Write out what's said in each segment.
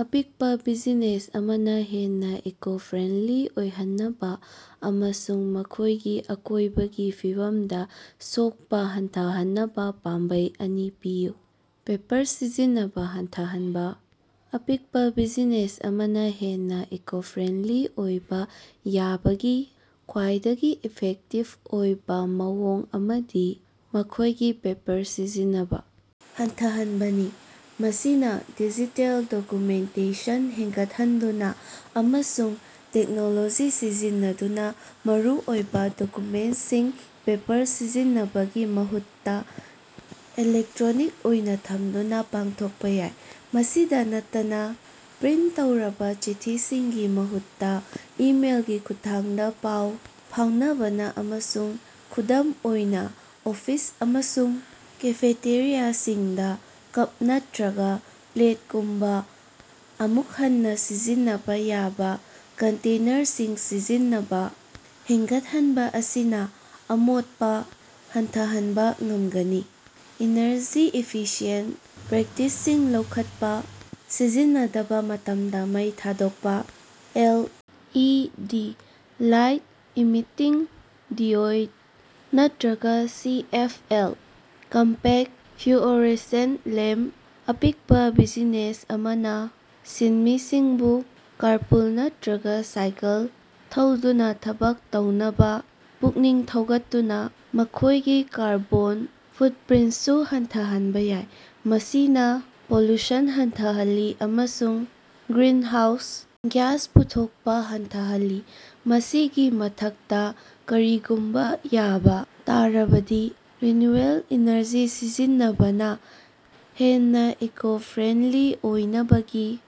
ꯑꯄꯤꯛꯄ ꯕꯤꯖꯤꯅꯦꯁ ꯑꯃꯅ ꯍꯦꯟꯅ ꯏꯀꯣ-ꯐ꯭ꯔꯦꯟꯗꯂꯤ ꯑꯣꯏꯍꯟꯅꯕ ꯑꯃꯁꯨꯡ ꯃꯈꯣꯏꯒꯤ ꯑꯀꯣꯏꯕꯒꯤ ꯐꯤꯕꯝꯗ ꯁꯣꯛꯄ ꯍꯟꯊꯍꯟꯅꯕ ꯄꯥꯝꯕꯩ ꯑꯅꯤ ꯄꯤꯌꯨ꯫ ꯄꯦꯄꯔ ꯁꯤꯖꯤꯟꯅꯕ ꯍꯟꯊꯍꯅꯕ: ꯑꯄꯤꯛꯄ ꯕꯤꯖꯤꯅꯦꯁ ꯑꯃꯅ ꯍꯦꯟꯅ ꯏꯀꯣ-ꯐ꯭ꯔꯦꯟꯗꯂꯤ ꯑꯣꯏꯕ ꯌꯥꯕꯒꯤ ꯈ꯭ꯋꯥꯏꯗꯒꯤ ꯏꯐꯦꯛꯇꯤꯕ ꯑꯣꯏꯕ ꯃꯑꯣꯡ ꯑꯃꯗꯤ ꯃꯈꯣꯏꯒꯤ ꯄꯦꯄꯔ ꯁꯤꯖꯤꯟꯅꯕ ꯍꯟꯊꯍꯟꯕꯅꯤ꯫ ꯃꯁꯤ ꯅ ꯗꯤꯖꯤꯇꯦꯜ ꯗꯣꯀꯨꯃꯦꯟꯇꯦꯁꯟ ꯍꯦꯡꯒꯠꯍꯟꯗꯨꯅ ꯑꯃꯁꯨꯡ ꯇꯦꯛꯅꯣꯂꯣꯖꯤ ꯁꯤꯖꯤꯟꯅꯗꯨꯅ ꯃꯔꯨꯑꯣꯏꯕ ꯗꯣꯀꯨꯃꯦꯟꯠꯁꯤꯡ ꯄꯦꯄꯔ ꯁꯤꯖꯤꯟꯅꯕꯒꯤ ꯃꯍꯨꯠꯇ ꯏꯂꯦꯛꯇ꯭ꯔꯣꯅꯤꯛ ꯑꯣꯏꯅ ꯊꯝꯗꯨꯅ ꯄꯥꯡꯊꯣꯛꯄ ꯌꯥꯏ꯫ ꯃꯁꯤꯗ ꯅꯠꯇꯅ, ꯄ꯭ꯔꯤꯟꯠ ꯇꯧꯔꯕ ꯆꯤꯊꯤꯁꯤꯡꯒꯤ ꯃꯍꯨꯠꯇ ꯏꯃꯦꯏꯜꯒꯤ ꯈꯨꯠꯊꯥꯡꯗ ꯄꯥꯎ ꯐꯥꯎꯅꯕꯅ ꯑꯃꯁꯨꯡ ꯈꯨꯗꯝ ꯑꯣꯏꯅ ꯑꯣꯐꯤꯁ ꯑꯃꯁꯨꯡ ꯀꯦꯐꯦꯇꯦꯔꯤꯌꯥꯁꯤꯡꯗ ꯀꯞ ꯅꯠꯇꯔꯒ ꯄ꯭ꯂꯦꯠꯒꯨꯝꯕ ꯑꯃꯨꯛ ꯍꯟꯅ ꯁꯤꯖꯤꯟꯅꯕ ꯌꯥꯕꯥ ꯀꯟꯇꯦꯅꯔꯁꯤꯡ ꯁꯤꯖꯤꯟꯅꯕ ꯍꯦꯡꯒꯠꯍꯟꯕ ꯑꯁꯤꯅ ꯑꯃꯣꯠꯄ ꯍꯟꯊꯍꯟꯕ ꯉꯝꯒꯅꯤ꯫ ꯏꯅ꯭ꯔꯖꯤ ꯏꯐꯤꯁꯤꯌꯦꯟꯠ ꯄ꯭ꯔꯦꯛꯇꯤꯁꯁꯤꯡ ꯂꯧꯈꯠꯄ: ꯁꯤꯖꯤꯟꯅꯗꯕ ꯃꯇꯝꯗ ꯃꯩ ꯊꯥꯗꯣꯛꯄꯥ, L. E. D. (Light emitting ꯗꯤꯑꯣꯏꯗ) ꯅꯠꯇꯔꯒ ꯁꯤ. ꯑꯦꯐ. ꯑꯦꯜ.(ꯀꯝꯄꯦꯛ ꯐ꯭ꯂꯨꯑꯣꯔꯦꯁꯦꯟꯠ ꯂꯦꯝꯕ), ꯑꯄꯤꯛꯄ ꯕꯤꯖꯤꯅꯦꯁ ꯑꯃꯅ ꯁꯤꯟꯃꯤꯁꯤꯡꯕꯨ ꯀꯥꯔꯄꯨꯜ ꯅꯠꯇꯔꯒ ꯁꯥꯏꯀꯜ ꯊꯧꯗꯨꯅ ꯊꯕꯛ ꯇꯧꯅꯕ ꯄꯨꯛꯅꯤꯡ ꯊꯧꯒꯠꯇꯨꯅ ꯃꯈꯣꯏꯒꯤ ꯀꯥꯔꯕꯣꯟ ꯐꯨꯠꯄ꯭ꯔꯤꯟꯠꯁꯨ ꯍꯟꯊꯍꯟꯕ ꯌꯥꯏ, ꯃꯁꯤꯅ ꯄꯣꯂꯨꯁꯟ ꯍꯟꯊꯍꯜꯂꯤ ꯑꯃꯁꯨꯡ ꯒ꯭ꯔꯤꯟꯍꯥꯎꯁ ꯒ꯭ꯌꯥꯁ ꯄꯨꯊꯣꯛꯄꯥ ꯍꯟꯊꯍꯜꯂꯤ꯫ ꯃꯁꯤꯒꯤ ꯃꯊꯛꯇ, ꯀꯔꯤꯒꯨꯝꯕ ꯌꯥꯕ ꯇꯥꯔꯕꯗꯤ ꯔꯤꯅ꯭ꯌꯨꯑꯦꯕꯜ ꯏꯅ꯭ꯔꯖꯤ ꯁꯤꯖꯤꯟꯅꯕꯅ ꯍꯦꯟꯅꯥ ꯏꯀꯣ-ꯐ꯭ꯔꯦꯟꯗꯂꯤ ꯑꯣꯏꯅꯕꯒꯤ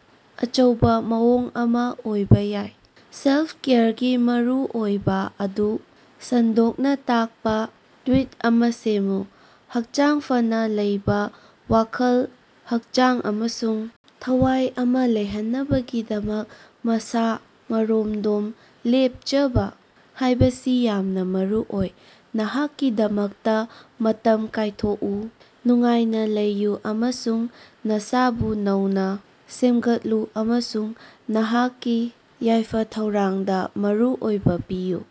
ꯑꯆꯧꯕ ꯃꯑꯣꯡ ꯑꯃ ꯑꯣꯏꯕ ꯌꯥꯏ꯫ ꯁꯦꯜꯐ-ꯀꯦꯌꯔꯒꯤ ꯃꯔꯨꯑꯣꯏꯕ ꯑꯗꯨ ꯁꯟꯗꯣꯛꯅ ꯇꯥꯛꯄ ꯇ꯭ꯋꯤꯠ ꯑꯃ ꯁꯦꯝꯃꯨ꯫ ꯍꯛꯆꯥꯡ ꯐꯅ ꯂꯩꯕ ꯋꯥꯈꯜ, ꯍꯛꯆꯥꯡ ꯑꯃꯁꯨꯡ ꯊꯋꯥꯏ ꯑꯃ ꯂꯩꯍꯟꯅꯕꯒꯤꯗꯃꯛ ꯃꯁꯥ-ꯃꯔꯣꯝꯗꯣꯝ ꯂꯦꯞꯆꯕ ꯍꯥꯏꯕꯁꯤ ꯌꯥꯝꯅ ꯃꯔꯨꯑꯣꯏ꯫ ꯅꯍꯥꯛꯀꯤꯗꯃꯛꯇ ꯃꯇꯝ ꯀꯥꯏꯊꯣꯛꯎ, ꯅꯨꯡꯉꯥꯏꯅ ꯂꯩꯌꯨ ꯑꯃꯁꯨꯡ ꯅꯁꯥꯕꯨ ꯅꯧꯅ ꯁꯦꯝꯒꯠꯂꯨ ꯑꯃꯁꯨꯡ ꯅꯍꯥꯛꯀꯤ ꯌꯥꯏꯐ-ꯊꯧꯔꯥꯡꯗ ꯃꯔꯨꯑꯣꯏꯕ ꯄꯤꯌꯨ꯫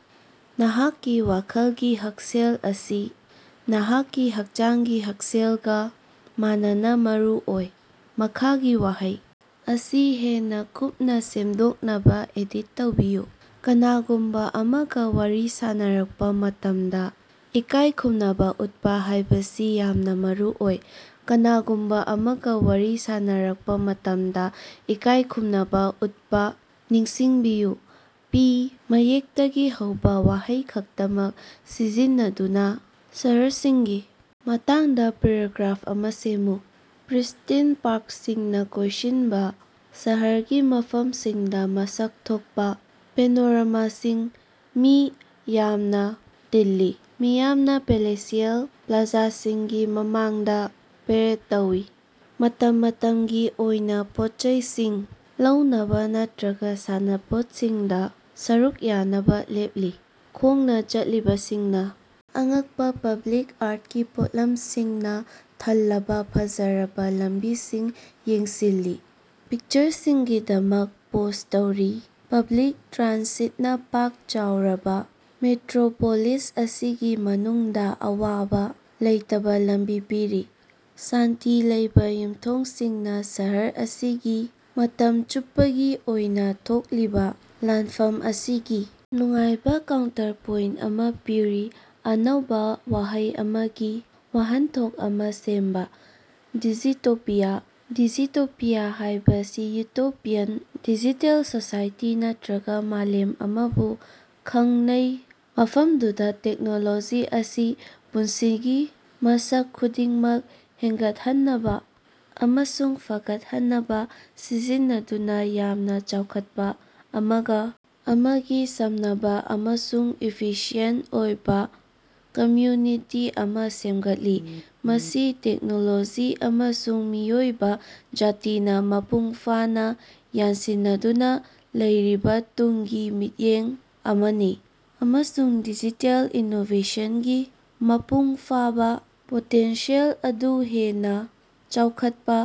ꯅꯍꯥꯛꯀꯤ ꯋꯥꯈꯜꯒꯤ ꯍꯛꯁꯦꯜ ꯑꯁꯤ ꯅꯍꯥꯛꯀꯤ ꯍꯛꯆꯥꯡꯒꯤ ꯍꯛꯁꯦꯜꯒ ꯃꯥꯟꯅꯅ ꯃꯔꯨꯑꯣꯏ꯫ ꯃꯈꯥꯒꯤ ꯋꯥꯍꯩ ꯑꯁꯤ ꯍꯦꯟꯅ ꯀꯨꯞꯅ ꯁꯦꯝꯗꯣꯛꯅꯕ ꯑꯦꯗꯤꯠ ꯇꯧꯕꯤꯌꯨ: "ꯀꯅꯥꯒꯨꯝꯕ ꯑꯃꯒ ꯋꯥꯔꯤ ꯁꯥꯅꯔꯛꯄ ꯃꯇꯝꯗ ꯏꯀꯥꯏ ꯈꯨꯝꯅꯕ ꯎꯠꯄ ꯍꯥꯏꯕꯁꯤ ꯌꯥꯝꯅ ꯃꯔꯨꯑꯣꯏ꯫ "ꯀꯅꯥꯒꯨꯝꯕ ꯑꯃꯒ ꯋꯥꯔꯤ ꯁꯥꯅꯔꯛꯄ ꯃꯇꯝꯗ ꯏꯀꯥꯏ ꯈꯨꯝꯅꯕ ꯎꯠꯄ ꯅꯤꯡꯁꯤꯡꯕꯤꯌꯨ꯫ "ꯄꯤ" ꯃꯌꯦꯛꯇꯒꯤ ꯍꯧꯕ ꯋꯥꯍꯩ ꯈꯛꯇꯃꯛ ꯁꯤꯖꯤꯟꯅꯗꯨꯅ ꯁꯍ꯭ꯔꯁꯤꯡꯒꯤ ꯃꯇꯥꯡꯗ ꯄꯦꯔꯥꯒ꯭ꯔꯥꯐ ꯑꯃꯥ ꯁꯦꯝꯃꯨ꯫ ꯄ꯭ꯔꯤꯁ꯭ꯇꯤꯟ ꯄꯥ꯭ꯔꯛꯁꯤꯡꯅ ꯀꯣꯏꯁꯤꯟꯕ ꯁꯍꯔꯒꯤ ꯃꯐꯝꯁꯤꯡꯗ ꯃꯁꯛ ꯊꯣꯛꯄ ꯄꯦꯅꯣꯔꯥꯃꯥꯁꯤꯡ ꯃꯤ ꯌꯥꯝꯅ ꯇꯤꯜꯂꯤ꯫ ꯃꯤꯌꯥꯝꯅ ꯄꯦꯂꯦꯁꯤꯑꯦꯜ ꯄ꯭ꯂꯥꯖꯥꯁꯤꯡꯒꯤ ꯃꯃꯥꯡꯗꯥ ꯄꯦꯔꯦꯗ ꯇꯧꯏ, ꯃꯇꯝ ꯃꯇꯝꯒꯤ ꯑꯣꯏꯅ ꯄꯣꯠꯆꯩꯁꯤꯡ ꯂꯧꯅꯕ ꯅꯠꯇꯔꯒ ꯁꯥꯟꯅꯄꯣꯠꯁꯤꯡꯗ ꯁꯔꯨꯛ ꯌꯥꯅꯕ ꯂꯦꯞꯂꯤ꯫ ꯈꯣꯡꯅ ꯆꯠꯂꯤꯕꯁꯤꯡꯅꯥ ꯑꯉꯛꯄ ꯄꯕ꯭ꯂꯤꯛ ꯑꯥ꯭ꯔꯠꯀꯤ ꯄꯣꯠꯂꯝꯁꯤꯡꯅ ꯊꯜꯂꯕ ꯐꯖꯔꯕ ꯂꯝꯕꯤꯁꯤꯡ ꯌꯦꯡꯁꯤꯜꯂꯤ, ꯄꯤꯛꯆꯔꯁꯤꯡꯒꯤꯗꯃꯛ ꯄꯣꯖ ꯇꯧꯔꯤ꯫ ꯄꯕ꯭ꯂꯤꯛ ꯇ꯭ꯔꯥꯟꯁꯤꯠꯅ ꯄꯥꯛ ꯆꯥꯎꯔꯕ ꯃꯦꯇ꯭ꯔꯣꯄꯣꯂꯤꯁ ꯑꯁꯤꯒꯤ ꯃꯅꯨꯡꯗ ꯑꯋꯥꯕ ꯂꯩꯇꯕ ꯂꯝꯕꯤ ꯄꯤꯔꯤ꯫ ꯁꯥꯟꯇꯤ ꯂꯩꯕ ꯌꯨꯃꯊꯣꯡꯁꯤꯡꯅ ꯁꯍꯔ ꯑꯁꯤꯒꯤ ꯃꯇꯝ ꯆꯨꯞꯄꯒꯤ ꯑꯣꯏꯅ ꯊꯣꯛꯂꯤꯕ ꯂꯥꯟꯐꯝ ꯑꯁꯤꯒꯤ ꯅꯨꯡꯉꯥꯏꯕ ꯀꯥꯎꯟꯇ꯭ꯔꯄꯣꯏꯟꯠ ꯑꯃ ꯄꯤꯔꯤ꯫ ꯑꯅꯧꯕꯥ ꯋꯥꯍꯩ ꯑꯃꯒꯤ ꯋꯥꯍꯟꯊꯣꯛ ꯑꯃꯥ ꯁꯦꯝꯕꯥ: "ꯗꯤꯖꯤꯇꯣꯄꯤꯌꯥ"꯫ ꯗꯤꯖꯤꯇꯣꯄꯤꯌꯥ ꯍꯥꯏꯕꯁꯤ ꯌꯨꯇꯣꯄꯤꯌꯥꯟ ꯗꯤꯖꯤꯇꯦꯜ ꯁꯣꯁꯥꯏꯇꯤ ꯅꯠꯇꯔꯒ ꯃꯥꯂꯦꯝ ꯑꯃꯕꯨ ꯈꯪꯅꯩ, ꯃꯐꯝꯗꯨꯗ ꯇꯦꯛꯅꯣꯂꯣꯖꯤ ꯑꯁꯤ ꯄꯨꯟꯁꯤꯒꯤ ꯃꯁꯛ ꯈꯨꯗꯤꯡꯃꯛ ꯍꯦꯡꯒꯠꯍꯟꯅꯕ ꯑꯃꯁꯨꯡ ꯐꯒꯠꯍꯟꯅꯕ ꯁꯤꯖꯤꯟꯅꯗꯨꯅ ꯌꯥꯝꯅ ꯆꯥꯎꯈꯠꯄ, ꯑꯃꯒ ꯑꯃꯒ ꯁꯝꯅꯕ ꯑꯃꯁꯨꯡ ꯏꯐꯤꯁꯤꯑꯦꯟꯠ ꯑꯣꯏꯕ ꯀꯝꯃ꯭ꯌꯨꯅꯤꯇꯤ ꯑꯃ ꯁꯦꯃꯒꯠꯂꯤ꯫ ꯃꯁꯤ ꯇꯦꯛꯅꯣꯂꯣꯖꯤ ꯑꯃꯁꯨꯡ ꯃꯤꯑꯣꯏꯕ ꯖꯥꯇꯤꯅ ꯃꯄꯨꯡ ꯐꯥꯅ ꯌꯥꯟꯁꯤꯟꯅꯗꯨꯅ ꯂꯩꯔꯤꯕ ꯇꯨꯡꯒꯤ ꯃꯤꯠꯌꯦꯡ ꯑꯃꯅꯤ, ꯑꯃꯁꯨꯡ ꯗꯤꯖꯤꯇꯦꯜ ꯏꯅꯣꯕꯦꯁꯟꯒꯤ ꯃꯄꯨꯡ ꯐꯥꯕ ꯄꯣꯇꯦꯟꯁꯤꯌꯦꯜ ꯑꯗꯨ ꯍꯦꯟꯅ ꯆꯥꯎꯈꯠꯄ,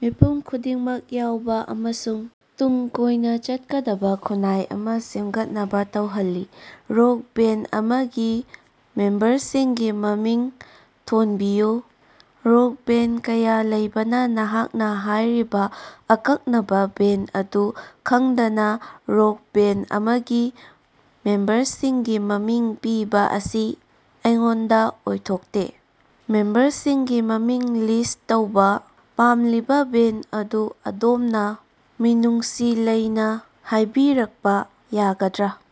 ꯃꯤꯄꯨꯝ ꯈꯨꯗꯤꯡꯃꯛ ꯌꯥꯎꯕ ꯑꯃꯁꯨꯡ ꯇꯨꯡ ꯀꯣꯏꯅ ꯆꯠꯀꯗꯕ ꯈꯨꯟꯅꯥꯏ ꯑꯃꯥ ꯁꯦꯃꯒꯠꯅꯕ ꯇꯧꯍꯜꯂꯤ꯫ ꯔꯣꯛ ꯕꯦꯟꯗ ꯑꯃꯒꯤ ꯃꯦꯝꯕꯔꯁꯤꯡꯒꯤ ꯃꯃꯤꯡ ꯊꯣꯟꯕꯤꯌꯨ꯫ ꯔꯣꯛ ꯕꯦꯟꯗ ꯀꯌꯥ ꯂꯩꯕꯅ ꯅꯍꯥꯛꯅ ꯍꯥꯏꯔꯤꯕ ꯑꯀꯛꯅꯕ ꯕꯦꯟꯗ ꯑꯗꯨ ꯈꯪꯗꯅ ꯔꯣꯛ ꯕꯦꯟꯗ ꯑꯃꯒꯤ ꯃꯦꯝꯕꯔꯁꯤꯡꯒꯤ ꯃꯃꯤꯡ ꯄꯤꯕ ꯑꯁꯤ ꯑꯩꯉꯣꯟꯗꯥ ꯑꯣꯏꯊꯣꯛꯇꯦ꯫ ꯃꯦꯝꯕꯔꯁꯤꯡꯒꯤ ꯃꯃꯤꯡ ꯂꯤꯁ꯭ꯠ ꯇꯧꯕ ꯄꯥꯝꯂꯤꯕ ꯕꯦꯟꯗ ꯑꯗꯨ ꯑꯗꯣꯝꯅ ꯃꯤꯅꯨꯡꯁꯤ ꯂꯩꯅꯥ ꯍꯥꯏꯕꯤꯔꯛꯄꯥ ꯌꯥꯒꯗ꯭ꯔꯥ?